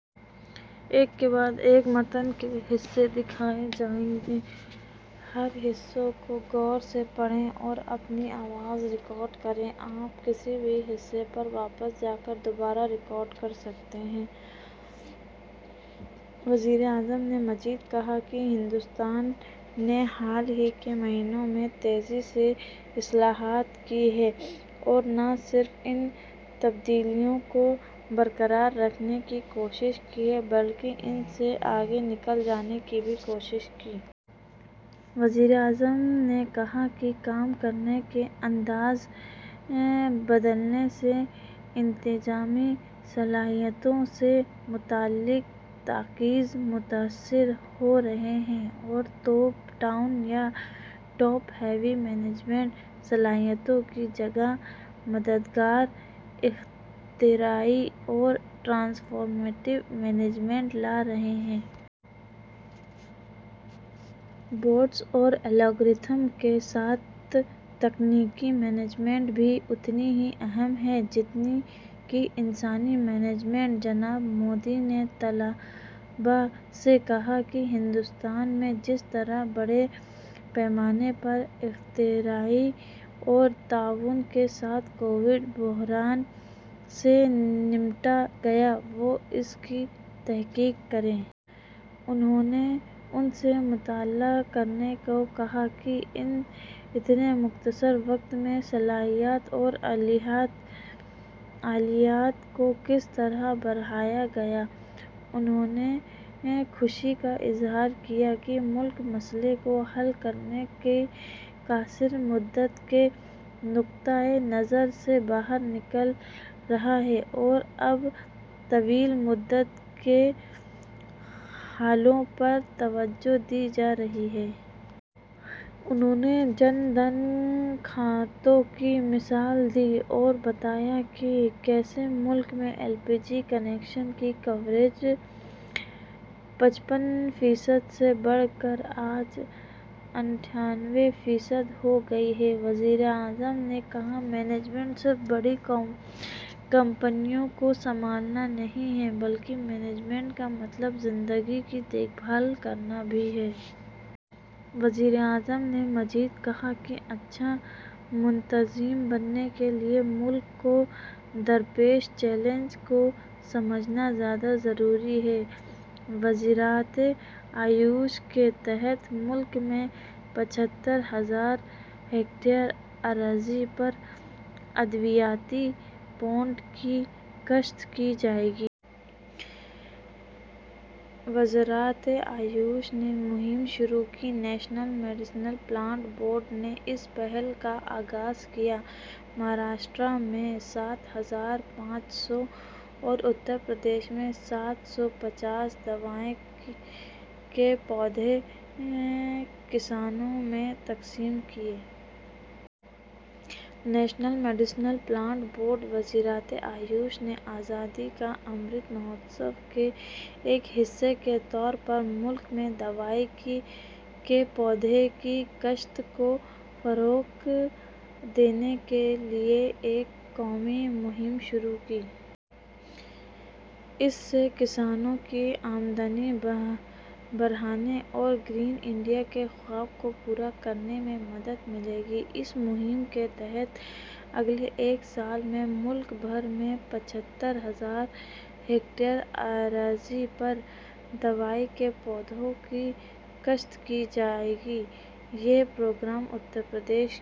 وزیر اعظم نے مزید کہا کہ ہندوستان نے حالیہ مہینوں میں تیزی سے اصلاحات کیں اور نہ صرف ان تبدیلیوں کو برقرار رکھنے کی کوشش کی بلکہ ان سے آگے نکل جانے کی بھی کوشش کی۔ وزیر اعظم نے کہا کہ کام کرنے کے انداز بدلنے سے انتظامی صلاحیتوں سے متعلق تقاضے متاثر ہو رہے ہیں اور ٹاپ ڈاؤن یا ٹاپ ہیوی مینجمنٹ صلاحیتوں کی جگہ مددگار، اختراعی اور ٹرانسفارمیٹو مینجمنٹ لے رہی ہے۔ بوٹس اور الگورتھم کے ساتھ تکنیکی مینجمنٹ بھی اتنی ہی اہم ہے جتنی کہ انسانی مینجمنٹ۔ جناب مودی نے طلبہ سے کہا کہ ہندوستان میں جس طرح بڑے پیمانے پر اختراع اور تعاون کے ساتھ کووڈ بحران سے نمٹا گیا، وہ اس کی تحقیق کریں۔ انہوں نے ان سے مطالعہ کرنے کو کہا کہ اتنے مختصر وقت میں صلاحیت اور اہلیت کو کس طرح بڑھایا گیا۔ انہوں نے خوشی کا اظہار کیا کہ ملک مسئلے کو حل کرنے کے قلیل مدتی نقطہ نظر سے باہر نکل رہا ہے اور اب طویل مدتی حلوں پر توجہ دی جا رہی ہے۔ انہوں نے جن دھن کھاتوں کی مثال دی اور بتایا کہ کیسے ملک میں ایل پی جی کنکشن کی کوریج پچپن فیصد سے بڑھ کر آج اٹھانوے فیصد ہو گئی ہے۔ وزیر اعظم نے کہا، "مینجمنٹ صرف بڑی کمپنیوں کو سنبھالنا نہیں ہے بلکہ مینجمنٹ کا مطلب زندگی کی دیکھ بھال کرنا بھی ہے۔" وزیر اعظم نے مزید کہا کہ اچھا منتظم بننے کے لیے ملک کو درپیش چیلنجوں کو سمجھنا زیادہ ضروری ہے۔ وزارت آیوش کے تحت ملک میں پچھتر ہزار ہیکٹر اراضی پر ادویاتی پودوں کی کاشت کی جائے گی۔ وزارت آیوش نے مہم شروع کی، نیشنل میڈیکل پلانٹس بورڈ نے اس پہل کا آغاز کیا۔ مہاراشٹر میں سات ہزار پانچ سو اور اتر پردیش میں سات سو پچاس دواؤں کے پودے کسانوں میں تقسیم کیے گئے۔ نیشنل میڈیکل پلانٹس بورڈ، وزارت آیوش نے آزادی کا امرت مہوتسو کے ایک حصے کے طور پر ملک میں دواؤں کے پودوں کی کاشت کو فروغ دینے کے لیے ایک قومی مہم شروع کی ہے۔ اس سے کسانوں کی آمدنی بڑھانے اور گرین انڈیا کے خواب کو پورا کرنے میں مدد ملے گی۔ اس مہم کے تحت اگلے ایک سال میں ملک بھر میں پچھتر ہزار ہیکٹر اراضی پر دواؤں کے پودوں کی کاشت کی جائے گی۔ یہ پروگرام اتر پردیش کے...